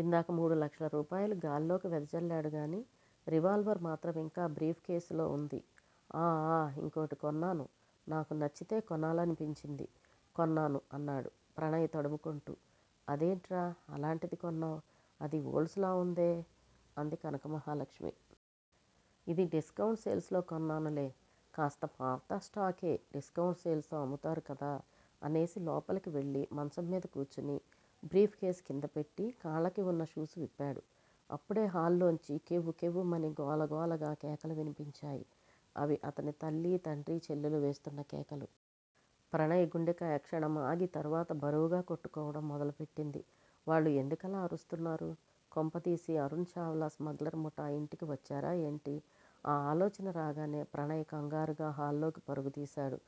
ఇందాక మూడు లక్షల రూపాయలూ గాల్లోకి వెదజల్లాడుగానీ, రివాల్వర్ మాత్రం ఇంకా బ్రీఫ్ కేసు లో వుంది. ఆ ఆ ఇంకోటి కొన్నాను. నాకు నచ్చితే కొనాలనిపించింది. కొన్నాను అన్నాడు ప్రణయ్ తడుముకొంటూ. అదేంట్రా అలాంటిది కొన్నావ్. అది ఓల్డ్స్ లా వుందే! అంది కనకమహాలక్ష్మి. ఇది డిస్కౌంట్ సేల్స్ లో కొన్నానులే. కాస్త పాతస్టాకే డిస్కౌంట్ సేల్స్ లో అమ్ముతారుకదా అనేసి లోపలికి వెళ్ళి మంచం మీద కూర్చుని బ్రీఫ్ కేసు కిందపెట్టి, కాళ్ళకి వున్న షూస్ విప్పాడు. అప్పుడే హాల్లోంచి 'కెవ్వు కెవ్వు'మని గోలగోలగా కేకలు వినిపించాయి. అవి అతని తల్లి, తండ్రి, చెల్లెలు వేస్తున్న కేకలు. ప్రణయ్ గుండెకాయ క్షణం ఆగి తర్వాత బరువుగా కొట్టుకోవడం మొదలుపెట్టింది. వాళ్ళు ఎందుకలా అరుస్తున్నారు? కొంపదీసి అరుణ్ చావ్లా స్మగ్లర్ ముఠా ఇంటికి వచ్చారా ఏంటి? ఆ ఆలోచన రాగానే ప్రణయ్ కంగారుగా హాల్లోకి పరుగుతీశాడు.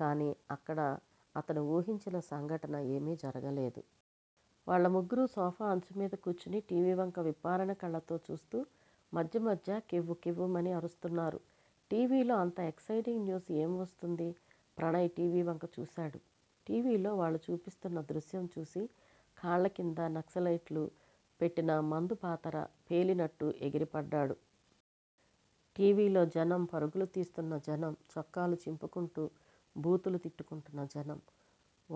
కానీ అక్కడా అతను వూహించిన సంఘటన ఏమీ జరగలేదు. వాళ్ళు ముగ్గురూ సోఫా అంచుమీద కూర్చుని టీవీవంక విప్పారిన కళ్ళతో చూస్తూ మధ్య మధ్య కెవ్వు కెవ్వుమని అరుస్తున్నారు. టీవీలో అంత ఎక్సయిటింగ్ న్యూస్ ఏం వస్తుంది? ప్రణయ్ టీవీవంక చూశాడు. టీవీలో వాళ్ళు చూపిస్తున్న దృశ్యం చూసి కాళ్ళకింద నక్సలైట్లు పెట్టిన మందుపాతర పేలినట్టు ఎగిరిపడ్డాడు. టి. వి. లో జనం! పరుగులు తీస్తున్న జనం!! చొక్కాలు చింపుకుంటూ బూతులు తిట్టుకుంటున్న జనం!!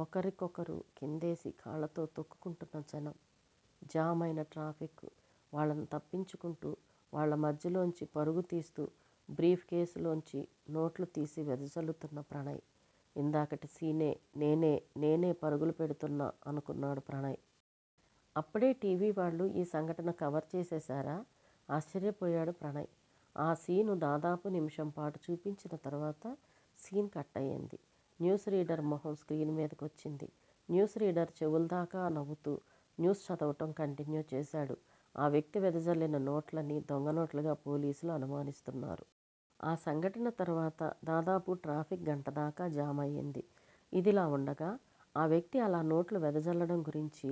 ఒకరికొకరు కిందేసి కాళ్ళతో తొక్కుకుంటున్న జనం జామ్ అయిపోయిన ట్రాఫిక్. వాళ్ళను తప్పించుకుంటూ, వాళ్ళ మధ్యలోంచి పరుగుతీస్తూ బ్రీఫ్ కేసులోంచి నోట్లుతీసి వెదజల్లుతున్న ప్రణయ్!! ఇందాకటి సీనే నేనే నేనే పరుగులు పెడుతున్నా అనుకున్నాడు ప్రణయ్. అప్పుడే టీవీ వాళ్ళు ఈ సంఘటన కవర్ చేసేశారా? ఆశ్చర్యపోయాడు ప్రణయ్. ఆ శీను దాదాపు నిమిషంపాటు చూపించిన తరువాత సీన్ కట్ అయ్యింది. న్యూస్ రీడర్ మొహం స్క్రీన్ మీదకి వచ్చింది. న్యూస్ రీడర్ చెవుల్దాకా నవ్వుతూ న్యూస్ చదవడం కంటిన్యూ చేశాడు. ఆ వ్యక్తి వెదజల్లిన నోట్లని దొంగ నోట్లుగా పోలీసులు అనుమానిస్తున్నారు. ఆ సంఘటన తర్వాత దాదాపు ట్రాఫిక్ గంటదాకా జామ్ అయ్యింది. ఇదిలా వుండగా ఆ వ్యక్తి అలా నోట్లు వెదజల్లడం గురించి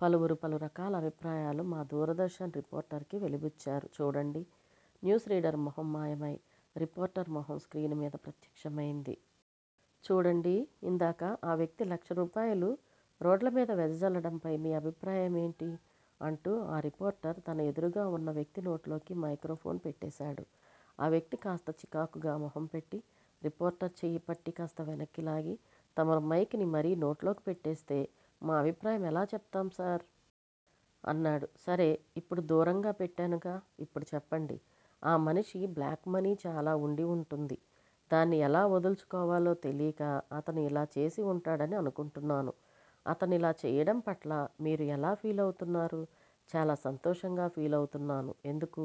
పలువురు పలురకాల అభిప్రాయాలు మా దూరదర్శన్ రిపోర్టర్ కి వెలిబుచ్చారు చూడండి. న్యూస్ రీడర్ మొహం మాయమై రిపోర్టర్ మొహం స్క్రీన్ మీద ప్రత్యక్షమైంది. చూడండీ ఇందాక ఆ వ్యక్తి లక్షల రూపాయలు రోడ్లమీద వెదజల్లడంపై మీ అభిప్రాయం ఏంటి? అంటూ ఆ రిపోర్టర్ తన ఎదురుగావున్న వ్యక్తి నోట్లోకి మైక్రోఫోన్ పెట్టేశాడు. ఆ వ్యక్తి కాస్త చిరాకుగా మొహంపెట్టి రిపోర్టర్ చెయ్యిపట్టి కాస్త వెనక్కిలాగి తమరు మైక్ ని మరీ నోట్లోకి పెట్టేస్తే మా అభిప్రాయం ఎలా చెప్తాంసార్? అన్నాడు. సరే! ఇప్పుడు దూరంగా పెట్టానుగా? ఇప్పుడు చెప్పండి. ఆ మనిషి బ్లాక్ మనీ చాలా వుండి వుంటుంది. దాన్ని ఎలా వదుల్చుకోవాలో తెలీక అతను యిలా చేసి వుంటాడని అనుకుంటున్నాను. అతను ఇలా చెయ్యడంపట్ల మీరు ఎలా ఫీలవుతున్నారు? చాలా సంతోషంగా ఫీలవుతున్నాను. ఎందుకు?